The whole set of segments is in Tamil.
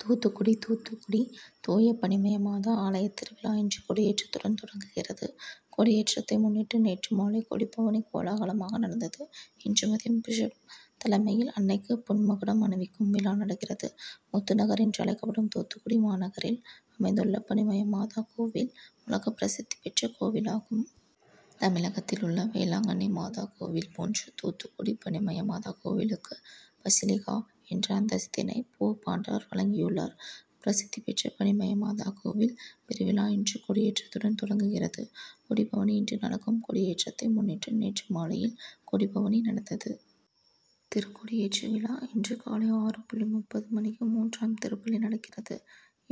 தூத்துக்குடி தூத்துக்குடி தூய பனிமய மாதா ஆலயத் திருவிழா இன்று கொடியேற்றத்துடன் தொடங்குகிறது. கொடியேற்றத்தை முன்னிட்டு நேற்று மாலை கொடிப்பவனி கோலாகலமாக நடந்தது. இன்று மதியம் பிஷப் தலைமையில் அன்னைக்கு பொன் மகுடம் அணிவிக்கும் விழா நடக்கிறது. முத்துநகர் என்று அழைக்கப்படும் தூத்துக்குடி மாநகரில் அமைந்துள்ள பனிமய மாதா கோ வில் உலகப் பிரசித்தி பெற் ற கோவிலாகும். தமிழகத்தில் உள்ள வேளாங்கன்னி மாதா கோவில் போன்று தூத்துக்குடி பனிமய மாதா கோவிலுக்கு பசிலிகா என்ற அந்தஸ்தினை போப் ஆண்டவர் வழங்கியுள்ளார். பிரசித்தி பெற்ற பனிமய மாதா கோவில் பெருவிழா இன்று கொடியேற்றத்துடன் தொடங்குகிறது. கொடிபவனி இன்று நடக்கும் கொடியேற்றத்தை முன்னிட்டு நேற்று மாலையில் கொடிப்பவனி நடந்தது. திருக்கொடியேற்று விழா இன்று காலை ஆறு புள்ளி முப்பது மணிக்கு மூன்றாம் திருப்பலி நடக்கிறது.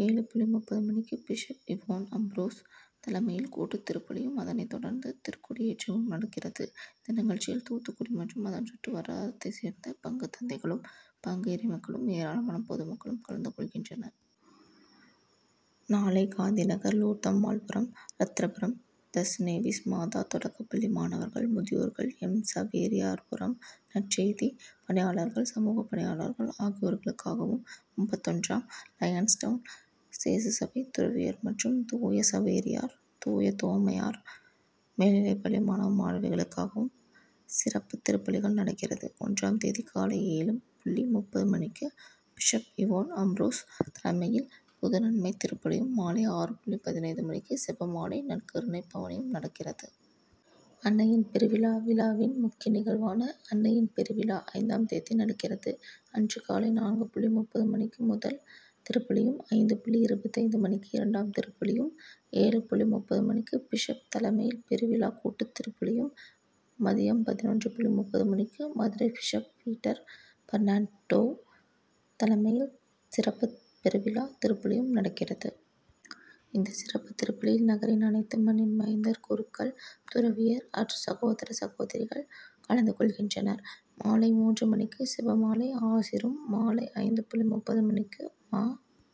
ஏழு புள்ளி முப்பது மணிக்கு பிஷப் இவோன் அம்புரோஸ் தலைமையில் கூட்டுத்திருப்பலியும் அதனை தொடர்ந்து திருக்கொடியேற்றமும் நடக்கிறது. இந்த நிகழ்ச்சியில் தூத்துக்குடி மற்றும் அதன் சுற்று வட்டாரத்தை சேர்ந்த பங்கு தந்தைகளும், பங்கு இறைமக்களும், ஏராளமான பொதுமக்களும் கல ந்து கொள்கின்றனர். நாளை காந்திநகர், லூர்தம்மாள்புரம், ரத்திரபுரம், தஸ்நேவிஸ்மாதா தொடக்க பள்ளி மாணவர்கள், முதியோர்கள், எம். சவேரியார்புரம், நற்செய்தி பணியாளர்கள், சமூகப் பணியாளர்கள் ஆகியோர்களுக்காகவும், முப்பத்தொன்றாம் லயன்ஸ் டவுன், சேசுசபை துறவியர் மற்றும் தூய சவேரியார், தூய தோமையார் மேல்நிலைப்பள்ளி மாணவ, மாணவிகளுக்காகவும் சிறப்பு திருப்பலிகள் நடக்கிறது. ஒன்றாம் தேதி காலை ஏழு புள்ளி முப்பது மணிக்கு பிஷப் இவோன் அம்புரோஸ் தலைமையில் புதுநன்மைத் திருப்பலியும், மாலை ஆறு புள்ளி பதினைந்து மணிக்கு செபமாலை, நற்கருணைப் பவனியும் நடக்கிறது. அன்னையின் பெருவிழா விழாவின் முக்கிய நிகழ்வான அன்னையின் பெருவிழா ஐந்தாம் தேதி நடக்கிறது. அன்று காலை நான்கு புள்ளி முப்பது மணிக்கு முதல் திருப்பலியும், ஐந்து புள்ளி இருபத்தைந்து மணிக்கு இரண்டாம் திருப்பலியும், ஏழு புள்ளி முப்பது மணிக்கு பிஷப் தலைமையில் பெருவிழா கூட்டுத் திருப்பலியும், மதியம் பதினொன்று புள்ளி முப்பது மணிக்கு Madurai bishop Peter Fernando தலைமையில் சிறப்பு பெருவிழா திருப்பலியும் நடக்கிறது. இந்த சிறப்பு திருப்பலியில் நகரின் அனைத்து மண்ணின் மைந்தர் குருக்கள், துறவியர், அருட்சகோதர, சகோதரிகள் கலந்து கொள்கின்றனர். மாலை மூன்று மணி க்கு செபமாலை, ஆசீரும், மாலை ஐந்து புள்ளி முப்பது மணிக்கு மா